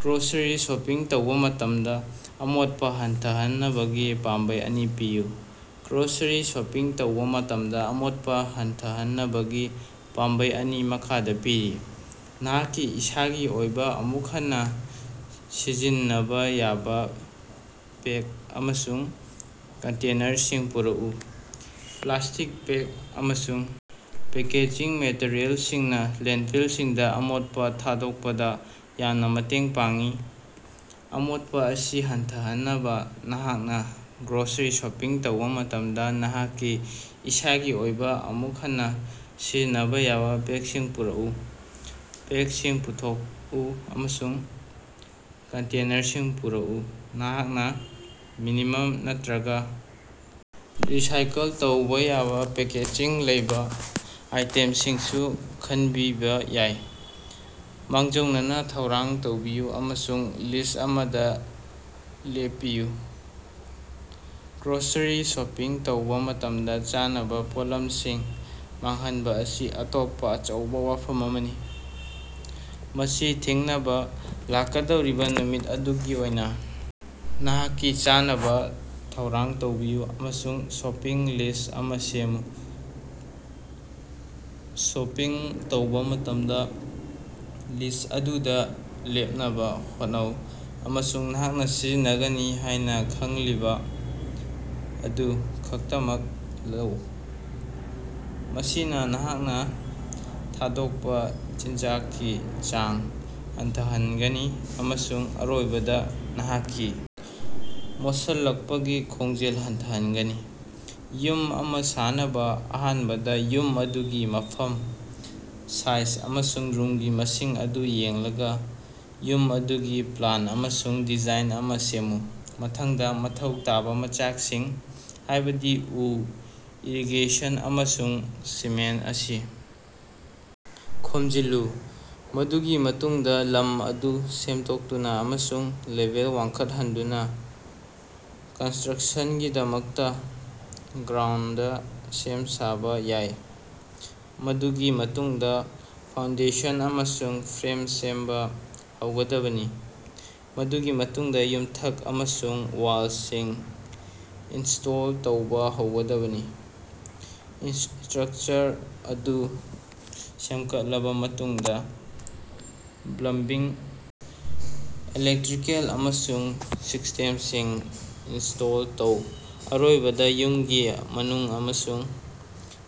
Grocery shopping ꯇꯧꯕꯥ ꯃꯇꯝꯗꯥ ꯑꯃꯣꯠꯄꯥ ꯍꯟꯊꯍꯟꯅꯕꯒꯤ ꯄꯥꯝꯕꯩ ꯑꯅꯤ ꯄꯤꯌꯨ꯫ ꯒ꯭ꯔꯣꯁꯔꯤ ꯁꯣꯄꯤꯡ ꯇꯧꯕꯥ ꯃꯇꯝꯗꯥ ꯑꯃꯣꯠꯄꯥ ꯍꯟꯊꯍꯟꯅꯕꯒꯤ ꯄꯥꯝꯕꯩ ꯑꯅꯤ ꯃꯈꯥꯗꯥ ꯄꯤꯔꯤ꯫ ꯅꯍꯥꯛꯀꯤ ꯏꯁꯥꯒꯤ ꯑꯣꯏꯕꯥ ꯑꯃꯨꯛ ꯍꯟꯅꯥ ꯁꯤꯖꯤꯟꯅꯕꯥ ꯌꯥꯕꯥ ꯕꯦꯛ ꯑꯃꯁꯨꯡ ꯀꯟꯇꯦꯅꯔꯁꯤꯡ ꯄꯨꯔꯛꯎ꯫ ꯄ꯭ꯂꯥꯁꯇꯤꯛ ꯕꯦꯛ ꯑꯃꯁꯨꯡ ꯄꯦꯀꯦꯖꯤꯡ ꯃꯦꯇꯔꯤꯑꯦꯜꯁꯤꯡꯅꯥ ꯂꯦꯟꯗꯐꯤꯜꯁꯤꯡꯗꯥ ꯑꯃꯣꯠꯄꯥ ꯊꯥꯗꯣꯛꯄꯗꯥ ꯌꯥꯝꯅ ꯃꯇꯦꯡ ꯄꯥꯡꯏ꯫ ꯑꯃꯣꯠꯄꯥ ꯑꯁꯤ ꯍꯟꯊꯍꯟꯅꯕꯥ, ꯅꯍꯥꯛꯅꯥ ꯒ꯭ꯔꯣꯁꯔꯤ ꯁꯣꯄꯤꯡ ꯇꯧꯕꯥ ꯃꯇꯝꯗꯥ ꯅꯍꯥꯛꯀꯤ ꯏꯁꯥꯒꯤ ꯑꯣꯏꯕꯥ ꯑꯃꯨꯛ ꯍꯟꯅꯥ ꯁꯤꯖꯤꯟꯅꯕꯥ ꯌꯥꯕꯥ ꯕꯦꯛꯁꯤꯡ ꯄꯨꯔꯛꯎ, ꯕꯦꯛꯁꯤꯡ ꯄꯨꯊꯣꯛꯎ ꯑꯃꯁꯨꯡ ꯀꯟꯇꯦꯅꯔꯁꯤꯡ ꯄꯨꯔꯛꯎ꯫ ꯅꯍꯥꯛꯅꯥ ꯃꯤꯅꯤꯃꯝ ꯅꯠꯇ꯭ꯔꯒꯥ ꯔꯤꯁꯥꯏꯀꯜ ꯇꯧꯕꯥ ꯌꯥꯕꯥ ꯄꯦꯀꯦꯖꯤꯡ ꯂꯩꯕꯥ ꯑꯥꯏꯇꯦꯝꯁꯤꯡꯁꯨ ꯈꯟꯕꯤꯕꯥ ꯌꯥꯏ꯫ ꯃꯥꯡꯖꯧꯅꯅꯥ ꯊꯧꯔꯥꯡ ꯇꯧꯕꯤꯌꯨ ꯑꯃꯁꯨꯡ ꯂꯤꯁ ꯑꯃꯗꯥ ꯂꯦꯞꯄꯤꯌꯨ꯫ ꯒ꯭ꯔꯣꯁꯔꯤ ꯁꯣꯄꯤꯡ ꯇꯧꯕꯥ ꯃꯇꯝꯗꯥ ꯆꯥꯅꯕꯥ ꯄꯣꯠꯂꯝꯁꯤꯡ ꯃꯥꯡꯍꯟꯕꯥ ꯑꯁꯤ ꯑꯇꯣꯞꯄꯥ ꯑꯆꯧꯕꯥ ꯋꯥꯐꯝ ꯑꯃꯅꯤ꯫ ꯃꯁꯤ ꯊꯤꯡꯅꯕꯥ, ꯂꯥꯛꯀꯗꯧꯔꯤꯕꯥ ꯅꯨꯃꯤꯠ ꯑꯗꯨꯒꯤ ꯑꯣꯏꯅꯥ ꯅꯍꯥꯛꯀꯤ ꯆꯥꯅꯕꯥ ꯊꯧꯔꯥꯡ ꯇꯧꯕꯤꯌꯨ ꯑꯃꯁꯨꯡ ꯁꯣꯄꯤꯡ ꯂꯤꯁ ꯑꯃꯥ ꯁꯦꯝꯃꯨ꯫ ꯁꯣꯄꯤꯡ ꯇꯧꯕꯥ ꯃꯇꯝꯗꯥ ꯂꯤꯁ ꯑꯗꯨꯗꯥ ꯂꯦꯞꯅꯕꯥ ꯍꯣꯠꯅꯧ ꯑꯃꯁꯨꯡ ꯅꯍꯥꯛꯅꯥ ꯁꯤꯖꯤꯟꯅꯒꯅꯤ ꯍꯥꯏꯅꯥ ꯈꯪꯂꯤꯕꯥ ꯑꯗꯨ ꯈꯛꯇꯃꯛ ꯂꯧ꯫ ꯃꯁꯤꯅꯥ ꯅꯍꯥꯛꯅꯥ ꯊꯥꯗꯣꯛꯄꯥ ꯆꯤꯟꯖꯥꯛꯀꯤ ꯆꯥꯡ ꯍꯟꯊꯍꯟꯒꯅꯤ ꯑꯃꯁꯨꯡ ꯑꯔꯣꯏꯕꯗꯥ ꯅꯍꯥꯛꯀꯤ ꯃꯣꯠꯁꯜꯂꯛꯄꯒꯤ ꯈꯣꯡꯖꯦꯜ ꯍꯟꯊꯍꯟꯒꯅꯤ꯫ ꯌꯨꯝ ꯑꯃꯥ ꯁꯥꯅꯕꯥ ꯑꯍꯥꯟꯕꯗꯥ ꯌꯨꯝ ꯑꯗꯨꯒꯤ ꯃꯐꯝ, ꯁꯥꯏꯖ ꯑꯃꯁꯨꯡ ꯔꯨꯝꯒꯤ ꯃꯁꯤꯡ ꯑꯗꯨ ꯌꯦꯡꯂꯒꯥ, ꯌꯨꯝ ꯑꯗꯨꯒꯤ ꯄ꯭ꯂꯥꯟ ꯑꯃꯁꯨꯡ ꯗꯤꯖꯥꯏꯟ ꯑꯃꯥ ꯁꯦꯝꯃꯨ꯫ ꯃꯊꯪꯗꯥ, ꯃꯊꯧ ꯇꯥꯕꯥ ꯃꯆꯥꯛꯁꯤꯡ, ꯍꯥꯏꯕꯗꯤ ꯎ, ꯏꯔꯤꯒꯦꯁꯟ ꯑꯃꯁꯨꯡ ꯁꯤꯃꯦꯟꯇ ꯑꯁꯤ ꯈꯣꯝꯖꯤꯜꯂꯨ꯫ ꯃꯗꯨꯒꯤ ꯃꯇꯨꯡꯗꯥ ꯂꯝ ꯑꯗꯨ ꯁꯦꯡꯗꯣꯛꯇꯨꯅꯥ ꯑꯃꯁꯨꯡ ꯂꯦꯚꯦꯜ ꯋꯥꯡꯈꯠꯍꯟꯗꯨꯅꯥ ꯀꯟꯁꯇ꯭ꯔꯛꯁꯟꯒꯤꯗꯃꯛꯇꯥ ꯒ꯭ꯔꯥꯎꯟꯗ ꯁꯦꯝ-ꯁꯥꯕꯥ ꯌꯥꯏ꯫ ꯃꯗꯨꯒꯤ ꯃꯇꯨꯡꯗꯥ ꯐꯥꯎꯟꯗꯦꯁꯟ ꯑꯃꯁꯨꯡ ꯐ꯭ꯔꯦꯝ ꯁꯦꯝꯕꯥ ꯍꯧꯒꯗꯕꯅꯤ, ꯃꯗꯨꯒꯤ ꯃꯇꯨꯡꯗꯥ ꯌꯨꯝꯊꯛ ꯑꯃꯁꯨꯡ ꯋꯥꯜꯁꯤꯡ ꯏꯟꯁꯇꯣꯜ ꯇꯧꯕꯥ ꯍꯧꯒꯗꯕꯅꯤ꯫ ꯏꯁꯇ꯭ꯔꯛꯆꯔ ꯑꯗꯨ ꯁꯦꯝꯒꯠꯂꯕꯥ ꯃꯇꯨꯡꯗꯥ, ꯄ꯭ꯂꯝꯕꯤꯡ, ꯏꯂꯦꯛꯇ꯭ꯔꯤꯀꯦꯜ ꯑꯃꯁꯨꯡ ꯁꯤꯁꯇꯦꯝꯁꯤꯡ ꯏꯟꯁꯇꯣꯜ ꯇꯧ꯫ ꯑꯔꯣꯏꯕꯗꯥ, ꯌꯨꯝꯒꯤ ꯃꯅꯨꯡ ꯑꯃꯁꯨꯡ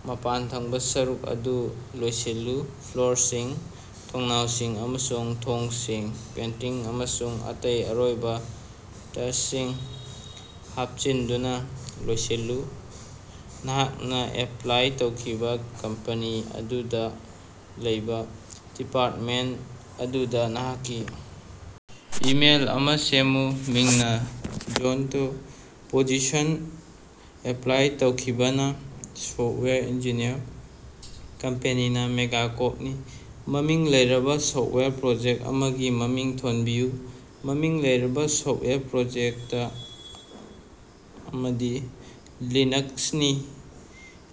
ꯃꯄꯥꯟꯊꯪꯕꯥ ꯁꯔꯨꯛ ꯑꯗꯨ ꯂꯣꯏꯁꯤꯜꯂꯨ, ꯐ꯭ꯂꯣꯔꯁꯤꯡ, ꯊꯣꯡꯅꯥꯎꯁꯤꯡ ꯑꯃꯁꯨꯡ ꯊꯣꯡꯁꯤꯡ ꯄꯦꯟꯇꯤꯡ ꯑꯃꯁꯨꯡ ꯑꯇꯩ ꯑꯔꯣꯏꯕꯥ ꯇꯁꯁꯤꯡ ꯍꯥꯞꯆꯤꯟꯗꯨꯅꯥ ꯂꯣꯏꯁꯤꯜꯂꯨ꯫ ꯅꯍꯥꯛꯅꯥ ꯑꯦꯄ꯭ꯂꯥꯏ ꯇꯧꯈꯤꯕꯥ ꯀꯝꯄꯅꯤ ꯑꯗꯨꯗꯥ ꯂꯩꯕꯥ ꯗꯤꯄꯥꯔꯇꯃꯦꯟꯇ ꯑꯗꯨꯗꯥ ꯅꯍꯥꯛꯀꯤ ꯏꯃꯦꯜ ꯑꯃꯥ ꯁꯦꯝꯃꯨ꯫ ꯃꯤꯡꯅꯥ ꯖꯣꯟ ꯗꯣ, ꯄꯣꯖꯤꯁꯟ ꯑꯦꯄ꯭ꯂꯥꯏ ꯇꯧꯈꯤꯕꯥꯅ ꯁꯣꯞꯋꯦꯌꯔ ꯏꯟꯖꯤꯅꯤꯌꯔ, ꯀꯝꯄꯦꯅꯤꯅ ꯃꯦꯒꯥꯀꯣꯞꯅꯤ꯫ ꯃꯃꯤꯡ ꯂꯩꯔꯕꯥ ꯁꯣꯞꯋꯥꯌꯔ ꯄ꯭ꯔꯣꯖꯦꯛ ꯑꯃꯒꯤ ꯃꯃꯤꯡ ꯊꯣꯟꯕꯤꯌꯨ꯫ ꯃꯃꯤꯡ ꯂꯩꯔꯕꯥ ꯁꯣꯞꯋꯥꯌꯔ ꯄ꯭ꯔꯣꯖꯦꯛꯇ ꯑꯃꯗꯤ ꯂꯤꯅꯛꯁꯅꯤ,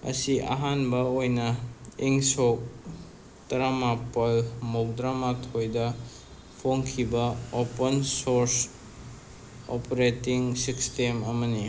ꯃꯁꯤ ꯑꯍꯥꯟꯕꯥ ꯑꯣꯏꯅꯥ ꯏꯪ ꯁꯣꯛ ꯇꯔꯥꯃꯥꯄꯜ ꯃꯧꯗ꯭ꯔꯥꯃꯊꯣꯏꯗ ꯐꯣꯡꯈꯤꯕꯥ ꯑꯣꯄꯟ-ꯁꯣꯔꯁ ꯑꯣꯄꯔꯦꯇꯤꯡ ꯁꯤꯁꯇꯦꯝ ꯑꯃꯅꯤ꯫